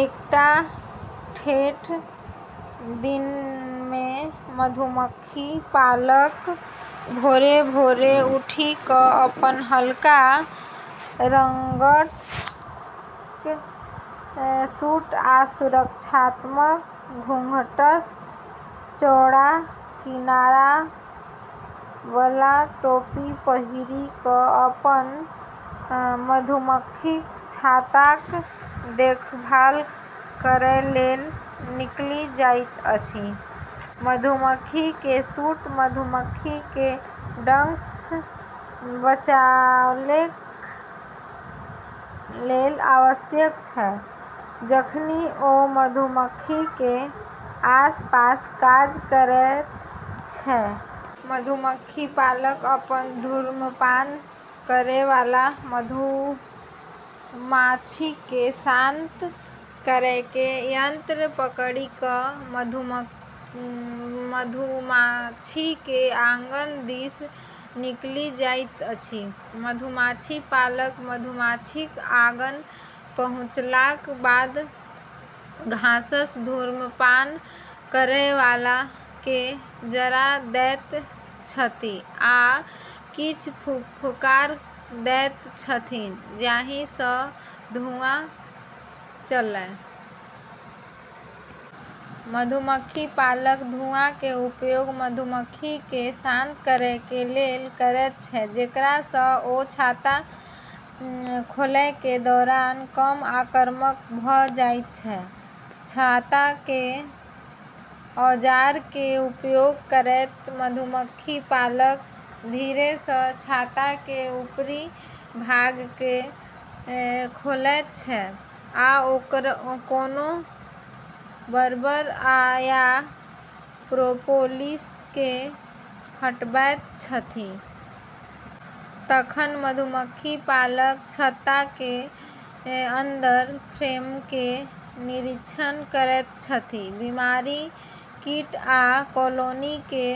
एकटा ठेठ दिनमे मधुमक्खी पालक भोरे-भोर उठि क' अपन हल्का रंगक सूट आ सुरक्षात्मक घूंघटसँ चौड़ा किनाराबला टोपी पहिरि क' अपन मधुमक्खीक छत्ताक देखभाल करय लेल निकलि जाइत अछि। मधुमक्खीके सूट मधुमक्खीके डंकसँ बचावके लेल आवश्यक छै, जखनि ओ मधुमक्खीके आसपास काज करैत छै। मधुमक्खी पालक अपन धूम्रपान करयवला, मधुमाछीके शांत करैके यंत्र पकड़ि क' मधुमाछीके आँगन दिस निकलि जाइत अछि। मधुमाछी पालक मधुमाछीक आँगन पहुँचलाक बाद घाससँ धूम्रपान करयवलाकेँ जरा दैत छथि, आ किछ फुफकार दैत छथिन जाहिसँ धुँआ चलय। मधुमक्खी पालक धुआँके उपयोग मधुमक्खीके शांत करैके लेल करैत छै, जेकरासँ ओ छत्ता खोलैके दौरान कम आक्रामक भ' जाइत छै। छत्ताके औजारके उपयोग करैत मधुमक्खी पालक धीरेसँ छत्ताके ऊपरी भागके खोलैत छै आ कोनो बर्र या प्रोपोलिसके हटबैत छथि । तखन मधुमक्खी पालक छत्ताके अंदर फ्रेमके निरीक्षण करैत छथि, बीमारी, कीट, आ कॉलोनीके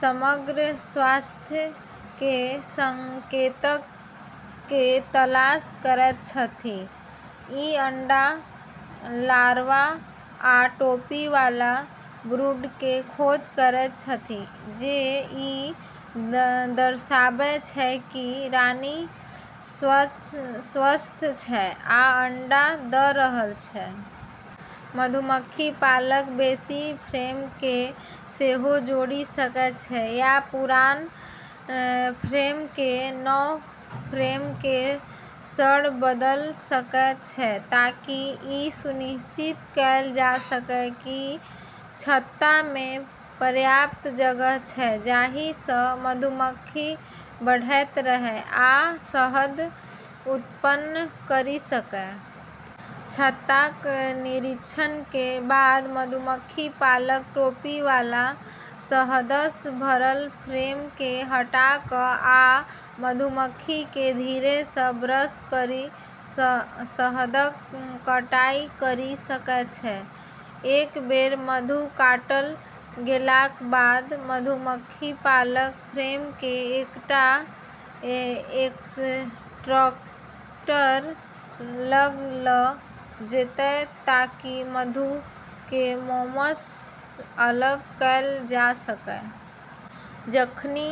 समग्र स्वास्थ्यके संकेतकके तलाश करैत छथि । ई अंडा, लार्वा, आ टोपी वाला ब्रूडके खोज करैत छथि, जे ई दर्शाबै छै कि रानी स्वस्थ छै आ अंडा द' रहल छै। मधुमक्खी पालक बेशी फ्रेमके सेहो जोड़ि सकै छै या पुरान फ्रेमके नव फ्रेमके सङ्ग बदल सकै छै, ताकि ई सुनिश्चित कैल जा सकै कि छत्तामे पर्याप्त जगह छै जाहिसँ मधुमक्खी बढ़ैत रहै आ शहद उत्पन्न करि सकै। छत्ताक निरीक्षणके बाद मधुमक्खी पालक टोपी वाला शहदसँ भरल फ्रेमके हटा क', आ मधुमक्खीके धीरेसँ ब्रश करि शहदक कटाइ करि सकै छै। एक बेर मधु काटल गेलाक बाद मधुमक्खी पालक फ्रेमके एकटा एक्सट्रैक्टर लग ल' जेतय ताकि मधुके मोमसँ अलग कैल जा सकय। जखनि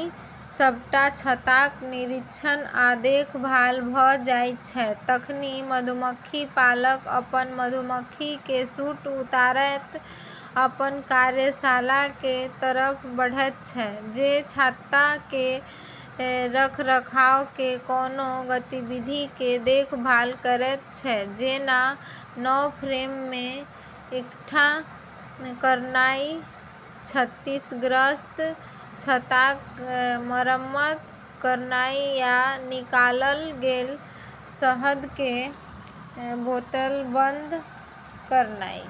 सबटा छत्ताक निरीक्षण आ देखभाल भ' जाइत छै, तखनि मधुमक्खी पालक अपन मधुमक्खीके सूट उतारैत अपन कार्यशालाके तरफ बढ़ैत छै, जे छत्ताके रखरखावके कोनो गतिविधिके देखभाल करैत छै जेना नव फ्रेममे इकट्ठा करनाइ, क्षतिग्रस्त छत्ताक मरम्मत करनाइ, या निकालल गेल शहदके बोतलबंद करनाइ।